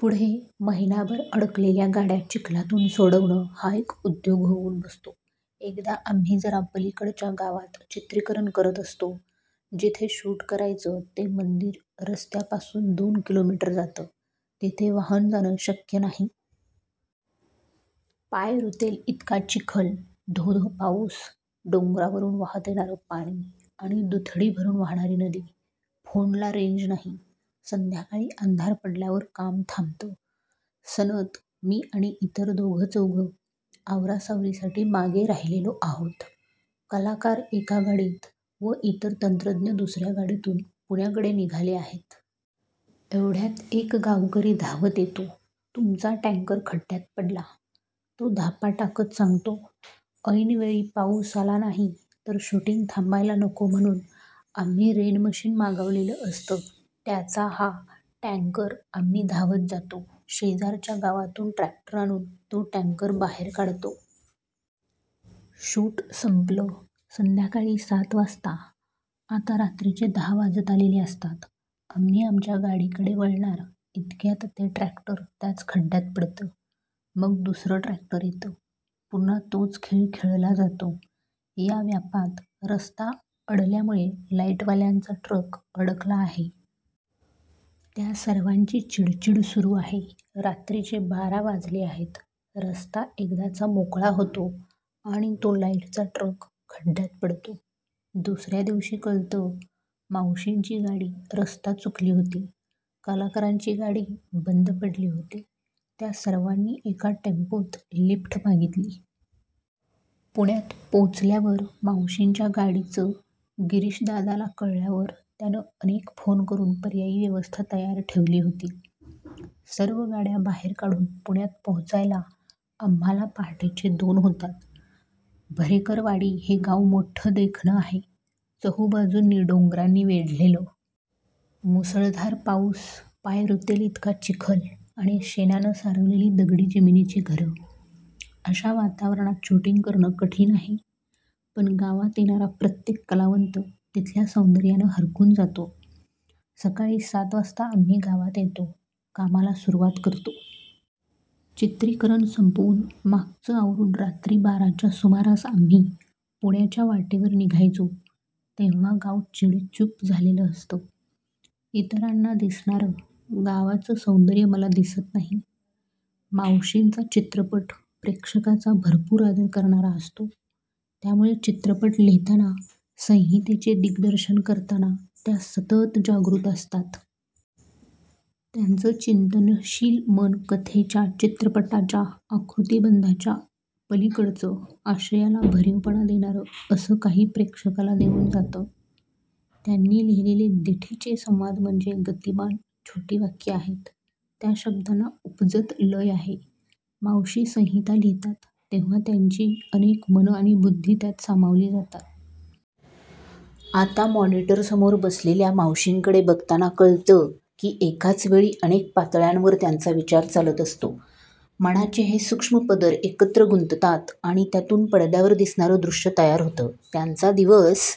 पुढे महिनाभर अडकलेल्या गाड्या चिखलातून सोडवणं हा एक उद्योग होऊन बसतो. एकदा आम्ही जरा पलीकडच्या गावात चित्रीकरण करत असतो. जिथे शूट करायचं ते मंदिर रस्त्यापासून दोन किलोमीटर आत. तिथे वाहन जाणं शक्य नाही. पाय रुतेल इतका चिखल, धो-धो पाऊस. डोंगरावरून वाहत येणारं पाणी आणि दुथडी भरून वाहणारी नदी. फोनला रेंज नाही. संध्याकाळी अंधार पडल्यावर काम थांबतं. सनत, मी आणि इतर दोघंचौघं आवरासावरीसाठी मागे राहिलेलो आहोत. कलाकार एका गाडीत व इतर तंत्रज्ञ दुसर्या गाडीतून पुण्याकडे निघाले आहेत. एवढ्यात एक गावकरी धावत येतो. 'तुमचा टँकर खड्ड्यात पडला', तो धापा टाकत सांगतो. ऐनवेळी पाऊस आला नाही, तर शूटिंग थांबायला नको, म्हणून आम्ही रेनमशिन मागवलेलं असतं. त्याचा हा टॅंकर. आम्ही धावत जातो. शेजारच्या गावातून ट्रॅक्टर आणून तो टॅंकर बाहेर काढतो. शूट संपलं संध्याकाळी सात वाजता, आता रात्रीचे दहा वाजत आलेले असतात. आम्ही आमच्या गाडीकडे वळणार, इतक्यात ते ट्रॅक्टर त्याच खड्ड्यात पडतं. मग दुसरं ट्रॅक्टर येतं. पुन्हा तोच खेळ खेळला जातो. या व्यापात रस्ता अडल्यामुळे लाईटवाल्यांचा ट्रक अडकला आहे. त्या सर्वांची चीडचीड सुरू आहे. रात्रीचे बारा वाजले आहेत. रस्ता एकदाचा मोकळा होतो आणि तो लाईटचा ट्रक खड्ड्यात पडतो. दुसर्या दिवशी कळतं, मावशींची गाडी रस्ता चुकली होती. कलाकारांची गाडी बंद पडली होती. त्या सर्वांनी एका टेम्पोत लिफ्ट मागितली. पुण्यात पोचल्यावर मावशींच्या गाडीचं गिरीशदादाला कळल्यावर त्यानं अनेक फोन करून पर्यायी व्यवस्था तयार ठेवली होती. सर्व गाड्या बाहेर काढून पुण्यात पोहोचायला आम्हांला पहाटेचे दोन होतात. भरेकरवाडी हे गाव मोठं देखणं आहे. चहुबाजूंनी डोंगरांनी वेढलेलं. मुसळधार पाऊस, पाय रुतेल इतका चिखल आणि शेणानं सारवलेली दगडी जमिनीची घरं. अशा वातावरणात शूटिंग करणं कठीण आहे. पण गावात येणारा प्रत्येक कलावंत तिथल्या सौंदर्यानं हरखून जातो. सकाळी सात वाजता आम्ही गावात येतो, कामाला सुरुवात करतो. चित्रीकरण संपवून, मागचं आवरून रात्री बाराच्या सुमारास आम्ही पुण्याच्या वाटेवर निघायचो तेव्हा गाव चिडीचूप झालेलं असतं. इतरांना दिसणारं गावाचं सौंदर्य मला दिसत नाही. मावशींचा चित्रपट प्रेक्षकाचा भरपूर आदर करणारा असतो. त्यामुळे चित्रपट लिहिताना आणि संहितेचं दिग्दर्शन करताना त्या सतत जागृत असतात. त्यांचं चिंतनशील मन कथेच्या, चित्रपटाच्या आकृतिबंधाच्या पलीकडचं, आशयाला भरीवपणा देणारं असं काही प्रेक्षकाला देऊन जातं. त्यांनी लिहिलेले 'दिठी'चे संवाद म्हणजे गतिमान, छोटी वाक्यं आहेत. त्या शब्दांना उपजत लय आहे. मावशी संहिता लिहितात तेव्हा त्यांची अनेक मनं आणि बुद्धी त्यात सामावली असतात. आता मॉनिटरसमोर बसलेल्या मावशींकडे बघताना कळतं की एकाच वेळी अनेक पातळ्यांवर त्यांचा विचार चालत असतो. मनाचे हे सूक्ष्म पदर एकत्र गुंततात आणि त्यातून पडद्यावर दिसणारं दृश्य तयार होतं. त्यांचा दिवस--